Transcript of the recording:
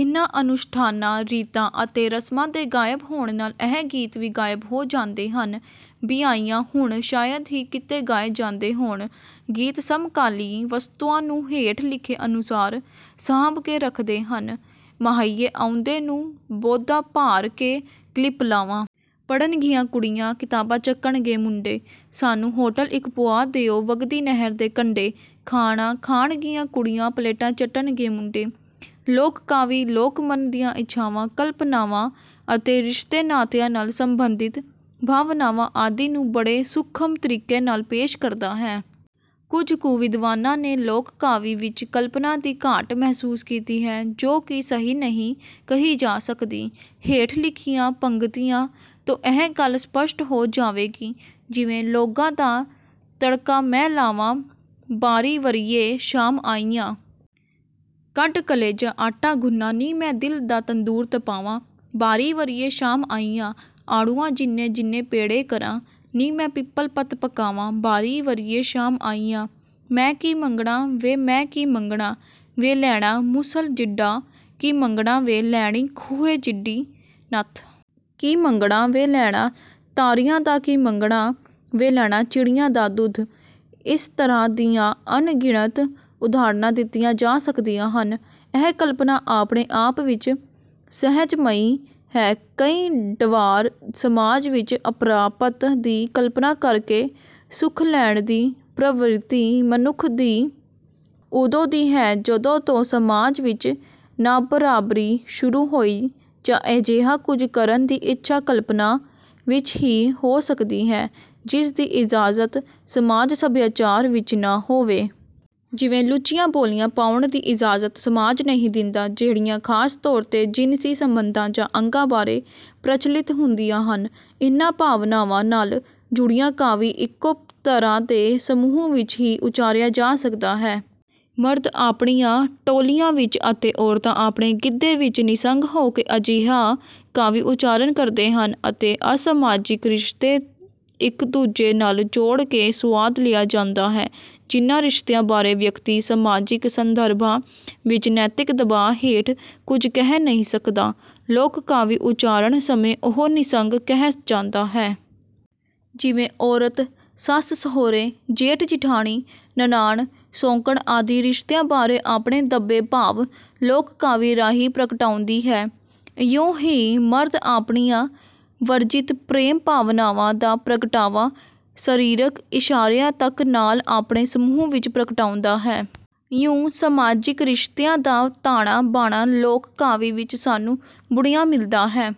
ਇਨ੍ਹਾਂ ਅਨੁਸ਼ਠਾਨਾਂ, ਰੀਤਾਂ ਅਤੇ ਰਸਮਾਂ ਦੇ ਗਾਇਬ ਹੋਣ ਨਾਲ਼ ਇਹ ਗੀਤ ਵੀ ਗਾਇਬ ਹੋ ਜਾਂਦੇ ਹਨ। ਬਿਆ੍ਹਈਆਂ ਹੁਣ ਸ਼ਾਇਦ ਹੀ ਕਿਤੇ ਗਾਏ ਜਾਂਦੇ ਹੋਣ। ਗੀਤ ਸਮਕਾਲੀ ਵਸਤੂਆਂ ਨੂੰ ਹੇਠ ਲਿਖੇ ਅਨੁਸਾਰ ਸਾਂਭ ਕੇ ਰੱਖਦੇ ਹਨ, ਮਾਹੀਏ ਆਉਂਦੇ ਨੂੰ ਬੋਦਾ ਪ੍ਹਾਰ ਕੇ ਕਲਿੱਪ ਲਾਵਾਂ। ਪੜ੍ਹਨਗੀਆਂ ਕੁੜੀਆਂ ਕਿਤਾਬਾਂ ਚੱਕਣਗੇ ਮੁੰਡੇ। ਸਾਨੂੰ ਹੋਟਲ ਇੱਕ ਪੁਆ ਦਿਉ ਵਗਦੀ ਨਹਿਰ ਦੇ ਕੰਢੇ। ਖਾਣਾ ਖਾਣਗੀਆਂ ਕੁੜੀਆਂ ਪਲੇਟਾਂ ਚੱਟਣਗੇ ਮੁੰਡੇ। ਲੋਕ ਕਾਵਿ, ਲੋਕ ਮਨ ਦੀਆਂ ਇੱਛਾਵਾਂ, ਕਲਪਨਾਵਾਂ ਅਤੇ ਰਿਸ਼ਤੇ ਨਾਤਿਆਂ ਨਾਲ਼ ਸੰਬੰਧਿਤ ਭਾਵਨਾਵਾਂ ਆਦਿ ਨੂੰ ਬੜੇ ਸੂਖਮ ਤਰੀਕੇ ਨਾਲ਼ ਪੇਸ਼ ਕਰਦਾ ਹੈ। ਕੁਝ ਕੁ ਵਿਦਵਾਨਾਂ ਨੇ ਲੋਕ ਕਾਵਿ ਵਿੱਚ ਕਲਪਨਾ ਦੀ ਘਾਟ ਮਹਿਸੂਸ ਕੀਤੀ ਹੈ ਜੋ ਕਿ ਸਹੀ ਨਹੀਂ ਕਹੀ ਜਾ ਸਕਦੀ। ਹੇਠ ਲਿਖੀਆਂ ਪੰਗਤੀਆਂ ਤੋਂ ਇਹ ਗੱਲ ਸਪੱਸ਼ਟ ਹੋ ਜਾਵੇਗੀ। ਜਿਵੇਂ, ਲੌਂਗਾਂ ਦਾ ਤੜਕਾ ਮੈਂ ਲਾਵਾਂ ਬਾਰੀਂ ਵਰੀਏਂ ਸ਼ਾਮ ਆਇਆ। ਕੱਢ ਕਲ਼ੇਜਾ ਆਟਾ ਗੁਨ੍ਹਾਂ ਨੀ ਮੈਂ ਦਿਲ ਦਾ ਤੰਦੂਰ ਤਪਾਵਾਂ ਬਾਰੀਂ ਵਰੀਏਂ ਸ਼ਾਮ ਆਇਆ। ਆੜੂਆਂ ਜਿੰਨੇ ਜਿੰਨੇ ਪੇੜੇ ਕਰਾਂ ਨੀ ਮੈਂ ਪਿਪਲ਼ ਪੱਤ ਪਕਾਵਾਂ ਬਾਰੀਂ ਵਰੀਏਂ ਸ਼ਾਮ ਆਇਆ। ਮੈਂ ਕੀ ਮੰਗਣਾ ਵੇ ਮੈਂ ਕੀ ਮੰਗਣਾ ਵੇ ਲੈਣਾ ਮੂਸਲ ਜਿੱਡਾ ਕੀ ਮੰਗਣਾ ਵੇ ਲੈਣੀ ਖੂਹੇ ਜਿੱਡੀ ਨੱਥ। ਕੀ ਮੰਗਣਾ ਵੇ ਲੈਣਾ ਤਾਰਿਆਂ ਦਾ ਕੀ ਮੰਗਣਾ ਵੇ ਲੈਣਾ ਚਿੜੀਆਂ ਦਾ ਦੁੱਧ। ਇਸ ਤਰ੍ਹਾਂ ਦੀਆਂ ਅਣਗਿਣਤ ਉਦਾਹਰਣਾਂ ਦਿੱਤੀਆਂ ਜਾ ਸਕਦੀਆਂ ਹਨ। ਇਹ ਕਲਪਨਾ ਆਪਣੇ ਆਪ ਵਿੱਚ ਸੁਹਜਮਈ ਹੈ। ਕਈ ਡਵਾਰ ਸਮਾਜ ਵਿੱਚ ਅਪ੍ਰਾਪਤ ਦੀ ਕਲਪਨਾ ਕਰਕੇ ਸੁਖ ਲੈਣ ਦੀ ਪ੍ਰਵਿਰਤੀ ਮਨੱਖ ਦੀ ਉਦੋਂ ਦੀ ਹੈ ਜਦੋਂ ਤੋਂ ਸਮਾਜ ਵਿੱਚ ਨਾਬਰਾਬਰੀ ਸ਼ੁਰੂ ਹੋਈ ਜਾਂ ਅਜਿਹਾ ਕੁਝ ਕਰਨ ਦੀ ਇੱਛਾ ਕਲਪਨਾ ਵਿੱਚ ਹੀ ਹੋ ਸਕਦੀ ਹੈ ਜਿਸਦੀ ਇਜਾਜ਼ਤ ਸਮਾਜ-ਸਭਿਆਚਾਰ ਵਿੱਚ ਨਾਂ ਹੋਵੇ। ਜਿਵੇਂ ਲੁੱਚੀਆਂ ਬੋਲੀਆਂ ਪਾਉਣ ਦੀ ਇਜਾਜ਼ਤ ਸਮਾਜ ਨਹੀਂ ਦਿੰਦਾ ਜਿਹੜੀਆਂ ਖਾਸ ਤੌਰ ਤੇ ਜਿਨਸੀ ਸੰਬੰਧਾਂ ਜਾਂ ਅੰਗਾਂ ਬਾਰੇ ਪ੍ਰਚਲਿਤ ਹੁੰਦੀਆਂ ਹਨ। ਇਨ੍ਹਾਂ ਭਾਵਨਾਵਾਂ ਨਾਲ਼ ਜੁੜਿਆ ਕਾਵਿ ਇੱਕੋ ਤਰ੍ਹਾਂ ਦੇ ਸਮੂਹ ਵਿੱਚ ਹੀ ਉਚਾਰਿਆ ਜਾ ਸਕਦਾ ਹੈ। ਮਰਦ ਆਪਣੀਆਂ ਟੋਲੀਆਂ ਵਿੱਚ ਅਤੇ ਔਰਤਾਂ ਆਪਣੇ ਗਿੱਧੇ ਵਿੱਚ ਨਿਸੰਗ ਹੋ ਕੇ ਅਜਿਹਾ ਕਾਵਿ ਉਚਾਰਣ ਕਰਦੇ ਹਨ ਅਤੇ ਅਸਮਾਜਿਕ ਰਿਸ਼ਤੇ ਇੱਕ ਦੂਜੇ ਨਾਲ਼ ਜੋੜ ਕੇ ਸੁਆਦ ਲਿਆ ਜਾਂਦਾ ਹੈ। ਜਿਨ੍ਹਾਂ ਰਿਸ਼ਤਿਆਂ ਬਾਰੇ ਵਿਅਕਤੀ ਸਮਾਜਿਕ ਸੰਦਰਭਾਂ ਵਿੱਚ ਨੈਤਿਕ ਦਬਾਅ ਹੇਠ ਕੁਝ ਕਹਿ ਨਹੀਂ ਸਕਦਾ, ਲੋਕ ਕਾਵਿ ਉਚਾਰਣ ਸਮੇਂ ਉਹ ਨਿਸੰਗ ਕਹਿ ਜਾਂਦਾ ਹੈ। ਜਿਵੇਂ ਔਰਤ ਸੱਸ-ਸਹੁਰੇ, ਜੇਠ-ਜਿਠਾਣੀ, ਨਣਾਨ, ਸੌਕਣ ਆਦਿ ਰਿਸ਼ਤਿਆਂ ਬਾਰੇ ਆਪਣੇ ਦੱਬੇ ਭਾਵ ਲੋਕ ਕਾਵਿ ਰਾਹੀਂ ਪ੍ਰਗਟਾਉਂਦੀ ਹੈ। ਇਉਂ ਹੀ ਮਰਦ ਆਪਣੀਆਂ ਵਰਜਿਤ ਪ੍ਰੇਮ ਭਾਵਨਾਵਾਂ ਦਾ ਪ੍ਰਗਟਾਵਾ ਸਰੀਰਕ ਇਸ਼ਾਰਿਆਂ ਤਕ ਨਾਲ਼ ਆਪਣੇ ਸਮੂਹ ਵਿੱਚ ਪ੍ਰਗਟਾਉਂਦਾ ਹੈ। ਇਉਂ ਸਮਾਜਿਕ ਰਿਸ਼ਤਿਆਂ ਦਾ ਤਾਣਾ ਬਾਣਾ ਲੋਕ ਕਾਵਿ ਵਿੱਚ ਸਾਨੂੰ ਬੁਣਿਆਂ ਮਿਲ਼ਦਾ ਹੈ।